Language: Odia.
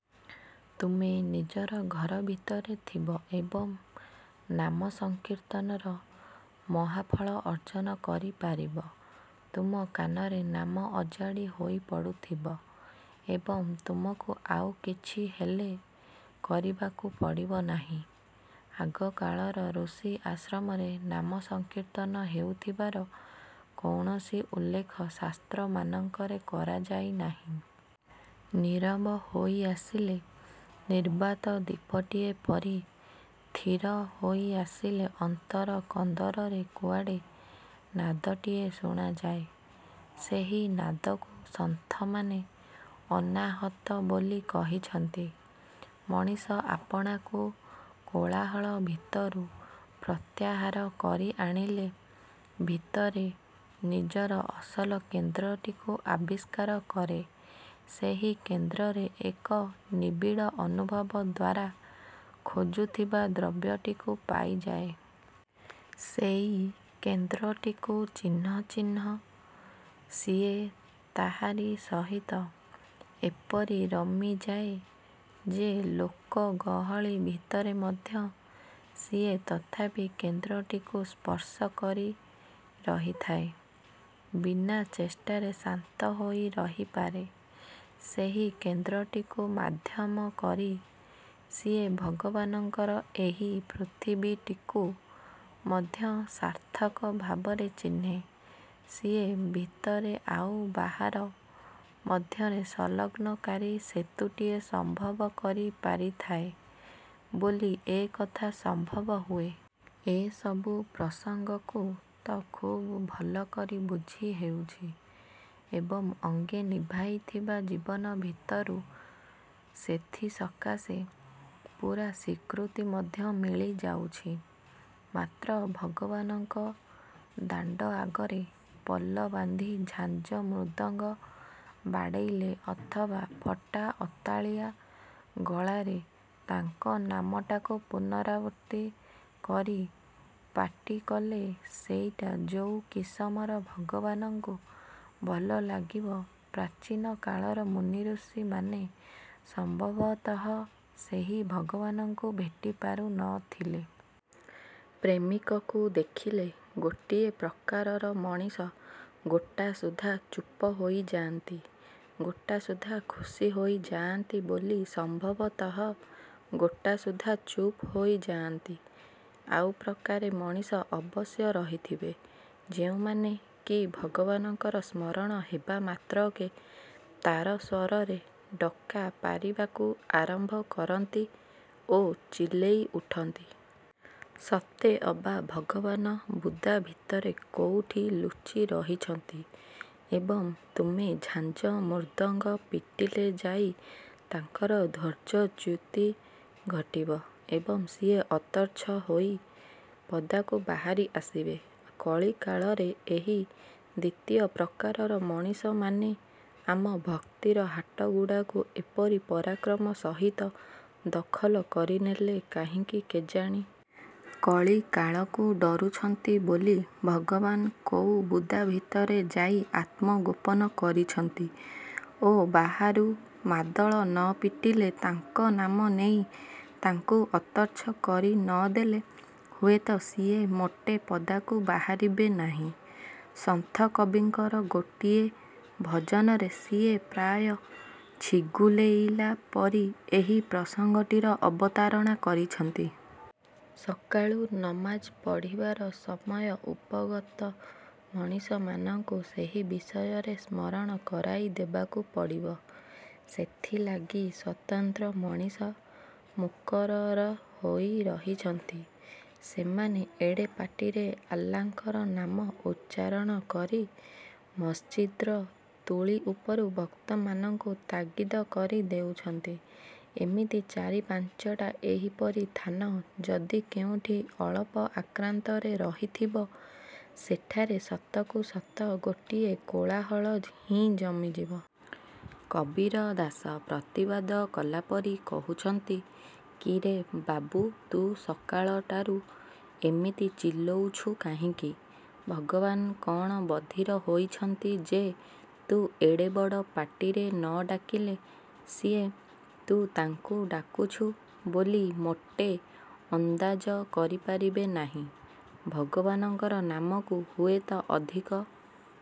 ତୁମେ ନିଜର ଘର ଭିତରେ ଥିବ ଏବଂ ନାମସଂକୀର୍ତ୍ତନର ମହାଫଳ ଅର୍ଜନ କରିପାରିବ। ତୁମ କାନରେ ନାମ ଅଜାଡ଼ି ହୋଇ ପଡୁଥିବ ଏବଂ ତୁମକୁ ଆଉ କିଛିହେଲେ କରିବାକୁ ପଡ଼ିବ ନାହିଁ। ଆଗକାଳର ଋଷି ଆଶ୍ରମରେ ନାମ ସଂକୀର୍ତ୍ତନ ହେଉଥିବାର କୌଣସି ଉଲ୍ଲେଖ ଶାସ୍ତ୍ରମାନଙ୍କରେ କରାଯାଇ ନାହିଁ। ନୀରବ ହୋଇ ଆସିଲେ, ନିର୍ବାତ ଦୀପଟିଏ ପରି ଥିର ହୋଇ ଆସିଲେ ଅନ୍ତର କନ୍ଦରରେ କୁଆଡ଼େ ନାଦଟିଏ ଶୁଣାଯାଏ। ସେହି ନାଦକୁ ସନ୍ଥମାନେ ଅନାହତ ବୋଲି କହିଛନ୍ତି। ମଣିଷ ଆପଣାକୁ କୋଳାହଳ ଭିତରୁ ପ୍ରତ୍ୟାହାର କରି ଆଣିଲେ ଭିତରେ ନିଜର ଅସଲ କେନ୍ଦ୍ରଟିକୁ ଆବିଷ୍କାର କରେ, ସେହି କେନ୍ଦ୍ରରେ ଏକ ନିବିଡ଼ ଅନୁଭବ ଦ୍ଵାରା ଖୋଜୁଥିବା ଦ୍ରବ୍ୟଟିକୁ ପାଇଯାଏ। ସେଇ କେନ୍ଦ୍ରଟିକୁ ଚିହ୍ନ ଚିହ୍ନ ସିଏ ତାହାରି ସହିତ ଏପରି ରମିଯାଏ ଯେ ଲୋକଗହଳି ଭିତରେ ମଧ୍ୟ ସିଏ ତଥାପି କେନ୍ଦ୍ରଟିକୁ ସ୍ପର୍ଶ କରି ରହିଥାଏ। ବିନା ଚେଷ୍ଟାରେ ଶାନ୍ତ ହୋଇ ରହିପାରେ। ସେହି କେନ୍ଦ୍ରଟିକୁ ମାଧ୍ୟମ କରି ସିଏ ଭଗବାନଙ୍କର ଏହି ପୃଥିବୀଟିକୁ ମଧ୍ୟ ସାର୍ଥକ ଭାବରେ ଚିହ୍ନେ, ସିଏ ଭିତରେ ଆଉ ବାହାର ମଧ୍ୟରେ ସଂଲଗ୍ନକାରୀ ସେତୁଟିଏ ସମ୍ଭବ କରି ପାରିଥାଏ ବୋଲି ଏକଥା ସମ୍ଭବ ହୁଏ। ଏସବୁ ପ୍ରସଙ୍ଗକୁ ତ ଖୁବ୍ ଭଲ କରି ବୁଝି ହେଉଛି ଏବଂ ଅଙ୍ଗେ ନିଭାଇଥିବା ଜୀବନ ଭିତରୁ ସେଥିସକାଶେ ପୂରା ସ୍ୱୀକୃତି ମଧ୍ୟ ମିଳିଯାଉଛି। ମାତ୍ର ଭଗବାନଙ୍କ ଦାଣ୍ଡ ଆଗରେ ପଲ ବାନ୍ଧି ଝାଞ୍ଜ ମୃଦଙ୍ଗ ବାଡ଼େଇଲେ ଅଥବା ଫଟା ଅତାଳିଆ ଗଳାରେ ତାଙ୍କ ନାମଟାକୁ ପୁନରାବୃତ୍ତି କରି ପାଟି କଲେ ସେଇଟା ଯୋଉ କିସମର ଭଗବାନଙ୍କୁ ଭଲ ଲାଗିବ, ପ୍ରାଚୀନ କାଳର ମୁନିଋଷିମାନେ ସମ୍ଭବତଃ ସେହି ଭଗବାନଙ୍କୁ ଭେଟିପାରୁ ନଥିଲେ। ପ୍ରେମିକକୁ ଦେଖିଲେ ଗୋଟିଏ ପ୍ରକାରର ମଣିଷ ଗୋଟାସୁଦ୍ଧା ଚୁପ ହୋଇ ଯାଆନ୍ତି, ଗୋଟାସୁଦ୍ଧା ଖୁସି ହୋଇଯାଆନ୍ତି ବୋଲି ସମ୍ଭବତଃ ଗୋଟାସୁଦ୍ଧା ଚୁପ୍ ହୋଇ ଯାଆନ୍ତି। ଆଉ ପ୍ରକାରେ ମଣିଷ ଅବଶ୍ୟ ରହିଥିବେ, ଯେଉଁମାନେ କି ଭଗବାନଙ୍କର ସ୍ମରଣ ହେବା ମାତ୍ରକେ ତାରସ୍ୱରରେ ଡ଼କା ପାରିବାକୁ ଆରମ୍ଭ କରନ୍ତି ଓ ଚିଲେଇ ଉଠନ୍ତି। ସତେଅବା ଭଗବାନ ବୁଦା ଭିତରେ କୋଉଠି ଲୁଚି ରହିଛନ୍ତି ଏବଂ ତୁମେ ଝାଞ୍ଜ ମୃଦଙ୍ଗ ପିଟିଲେ ଯାଇ ତାଙ୍କର ଧୈର୍ଯ୍ୟଚ୍ୟୁତି ଘଟିବ ଏବଂ ସିଏ ଅତର୍ଚ୍ଛ ହୋଇ ପଦାକୁ ବାହାରି ଆସିବେ। କଳିକାଳରେ ଏହି ଦ୍ୱିତୀୟ ପ୍ରକାରର ମଣିଷମାନେ ଆମ ଭକ୍ତିର ହାଟଗୁଡ଼ାକୁ ଏପରି ପରାକ୍ରମ ସହିତ ଦଖଲ କରିନେଲେ କାହିଁକି କେଜାଣି? କଳିକାଳକୁ ଡ଼ରୁଛନ୍ତି ବୋଲି ଭଗବାନ କୋଉ ବୁଦା ଭିତରେ ଯାଇ ଆତ୍ମଗୋପନ କରିଛନ୍ତି ଓ ବାହାରୁ ମାଦଳ ନ ପିଟିଲେ ତାଙ୍କ ନାମ ନେଇ ତାଙ୍କୁ ଅତର୍ଚ୍ଛ କରି ନଦେଲେ ହୁଏତ ସିଏ ମୋଟେ ପଦାକୁ ବାହାରିବେ ନାହିଁ। ସନ୍ଥ କବୀଙ୍କର ଗୋଟିଏ ଭଜନରେ ସିଏ ପ୍ରାୟ ଛିଗୁଲେଇଲା ପରି ଏହି ପ୍ରସଙ୍ଗଟିର ଅବତାରଣା କରିଛନ୍ତି। ସକାଳୁ ନମାଜ ପଢ଼ିବାର ସମୟ ଉପଗତ ମଣିଷମାନଙ୍କୁ ସେହି ବିଷୟରେ ସ୍ମରଣ କରାଇଦେବାକୁ ପଡ଼ିବ। ସେଥିଲାଗି ସ୍ୱତନ୍ତ୍ର ମଣିଷ ମୁକରର ହୋଇ ରହିଛନ୍ତି। ସେମାନେ ଏଡ଼େ ପାଟିରେ ଆଲ୍ଲାଙ୍କର ନାମ ଉଚ୍ଚାରଣ କରି ମସ୍ଜିଦ୍ର ତୁଳି ଉପରୁ ଭକ୍ତମାନଙ୍କୁ ତାଗିଦ କରି ଦେଉଛନ୍ତି। ଏମିତି ଚାରି ପାଞ୍ଚଟା ଏହିପରି ଥାନ ଯଦି କେଉଁଠି ଅଳପ ଆକ୍ରାନ୍ତରେ ରହିଥିବ, ସେଠାରେ ସତକୁ ସତ ଗୋଟିଏ କୋଳାହଳ ହିଁ ଜମିଯିବ। କବୀର ଦାସ ପ୍ରତିବାଦ କଲାପରି କହୁଛନ୍ତି, କିରେ ବାବୁ ତୁ ସକାଳଟାରୁ ଏମିତି ଚିଲୋଉଛୁ କାହିଁକି, ଭଗବାନ କଣ ବଧିର ହୋଇଛନ୍ତି ଯେ ତୁ ଏଡ଼େ ବଡ଼ ପାଟିରେ ନ ଡାକିଲେ ସିଏ ତୁ ତାଙ୍କୁ ଡାକୁଛୁ ବୋଲି ମୋଟେ ଅନ୍ଦାଜ କରିପାରିବେ ନାହିଁ। ଭଗବାନଙ୍କର ନାମକୁ ହୁଏତ ଅଧିକ